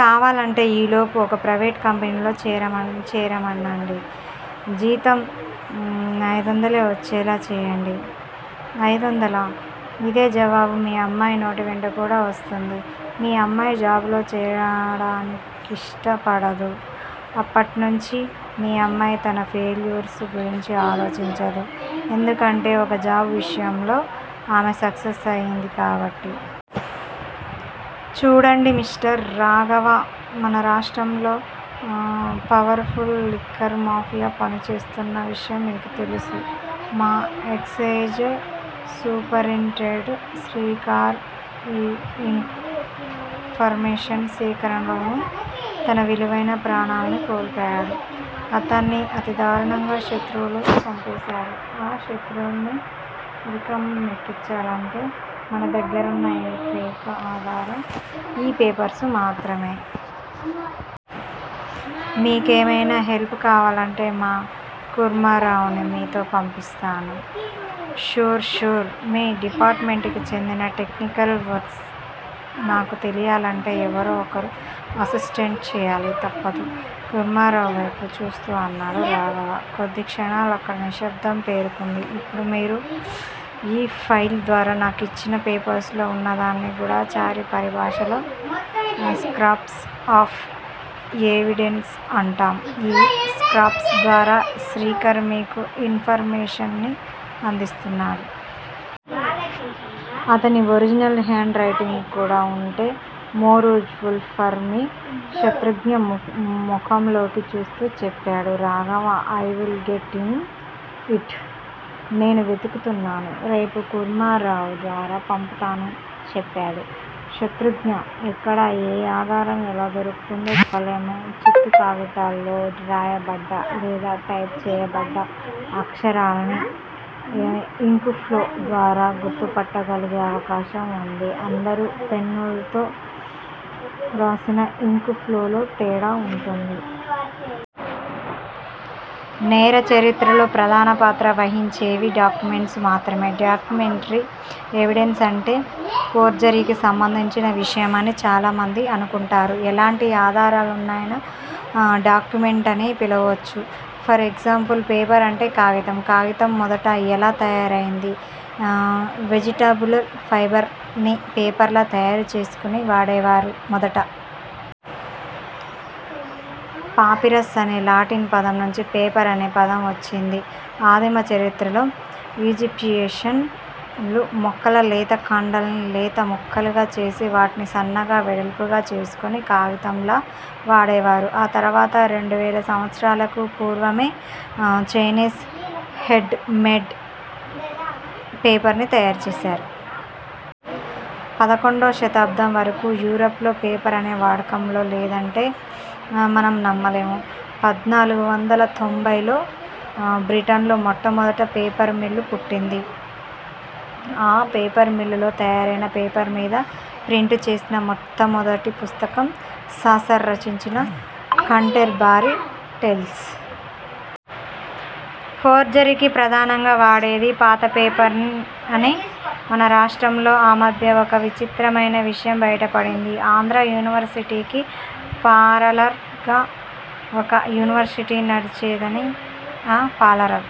కావాలంటే ఈలోపు ఒక ప్రైవేట్ కంపెనీలో చేరమనండి- జీతం ఐదొందలే వచ్చేలా చేయండి. ఐదొందలా? ఇదే జవాబు మీ అమ్మాయి నోటవెంట కూడా వస్తుంది. మీ అమ్మాయి జాబ్ లో చేరడానికిష్ట పడదు. అప్పట్నించి మీ అమ్మాయి తన ఫెయిల్యూర్స్ గురించి ఆలోచించదు. ఎందుకంటే ఒక జాబ్ విషయంలో ఆమె సక్సెస్ అయింది కాబట్టి. చూడండి మిస్టర్ రాఘవ మన రాష్ట్రంలో పవర్ ఫుల్ లిక్కర్ మాఫియా పనిచేస్తున్న విషయం మీకు తెలుసు మా ఎక్సయిజ్ సూపరింటెండెంట్ శ్రీకర్ ఈ ఇన్ ఫర్మేషన్ సేకరణలోనే తన విలువైన ప్రాణాల్ని కోల్పోయాడు. అతన్ని అతి దారుణంగా శత్రువులు చంపేసారు. ఆ శత్రువుల్ని ఉరికంబం ఎక్కించాలంటే మన దగ్గరున్న ఏకైక ఆధారం ఈ పేపర్స్ మాత్రమే. మీకేమైనా హెల్ప్ కావాలంటే మా కూర్మారావ్ ను మీతో పంపిస్తాను. ష్యూర్ ష్యూర్ మీ డిపార్టుమెంట్ కి చెందిన టెక్నికల్ వర్ద్సు నాకు తెలియాలంటే ఎవరో ఒకరు అసిస్టెంట్ చెయ్యాలి తప్పదు కూర్మారావు వైపు చూస్తూ అన్నాడు రాఘవ. కొద్ది క్షణాలక్కడ నిశ్శబ్దం పేరుకుంది. ఇప్పుడు మీరు ఈ ఫైల్ ద్వారా నాకిచ్చిన పేపర్స్ లో ఉన్న దాన్ని గూఢచారి పరిభాషలో స్కాప్స్ ఆఫ్ ఎవిడెన్స్ అంటాం- ఈ స్కాప్స్ ద్వారా శ్రీకర్ మీకు ఇన్ ఫర్ మేషన్ ని అందిస్తున్నాడు. అతని ఒరిజినల్ హేండ్ రైటింగు కూడా ఉంటే, more useful for me Shatrughna మొఖంలోకి చూస్తూ చెప్పాడు Raghava. I will get it నేను వెతుకుతున్నాను. రేపు కూర్మారావు ద్వారా పంపుతాను చెప్పాడు శతృఘ్న. ఎక్కడ ఏ ఆధారం ఎలా దొరుకుతుందో చెప్పలేం చిత్తు కాగితాల్లో రాయబడ్డ, లేదా టైప్ చేయబడ్డ అక్షరాల్ని ఇంకు ఫ్లో ద్వారా గుర్తుపట్టగలిగే అవకాశం ఉంది అందరూ పెన్నుల్తో వ్రాసినా ఇంక్ ఫ్లోలో తేడా ఉంటుంది. నేర చరిత్రలో ప్రధానపాత్ర వహించేవి డాక్యుమెంట్స్ మాత్రమే. డాక్యుమెంటరీ ఎవిడెన్స్ అంటే ఫోర్జరీకి సంబంధించిన విషయమని, చాలామంది అనుకుంటారు. ఎలాంటి ఆధారాన్నయినా డాక్యుమెంట్ అని పిలవొచ్చు. ఫర్ ఎగ్జాంపుల్ పేపర్ అంటే కాగితం- కాగితం మొదట ఎలా తయారయింది? వెజిటబుల్ ఫైబర్ ని పేపర్ లా తయారు చేసుకుని వాడేవారు మొదట. పాపిరస్ అనే లాటిన్ పదం నుంచి పేపర్ అనే పదం వచ్చింది. ఆదిమ చరిత్రలో ఈజిప్షియన్ లు మొక్కల లేత కాండాల్ని లేత ముక్కలుగా చేసి, వాటిని సన్నంగా, వెడల్పుగా చేసుకుని కాగితంలా వాడేవారు. ఆ తర్వాత రెండువేల సంవత్సరాలకు పూర్వమే చైనీస్ హేడ్ మేడ్ పేపరుని తయారుచేసారు. పదకొండో శతాబ్దం వరకూ యూరప్ లో పేపర్ అనే వాడకంలో లేదంటే మనం నమ్మలేం- పద్నాలుగు వందల తొంబై లో బ్రిటన్లో మొట్టమొదట పేపర్ మిల్లు పుట్టింది. ఆ పేపర్ మిల్లులో తయారయిన పేపర్ మీద ప్రింట్ చేసిన మొట్టమొదటి పుస్తకం సాసర్ రచించిన కాంటెర్ బారీ టేల్స్. ఫోర్జరీకి ప్రధానంగా వాడేది పాత పేపర్ అని మన రాష్ట్రంలో ఆ మధ్య ఒక విచిత్రమయిన విషయం బయటపడింది. ఆంధ్రా యూనివర్శిటీకి పారలర్ గా ఒక యూనివర్శిటీ నడిచేదని ఆ పారలర్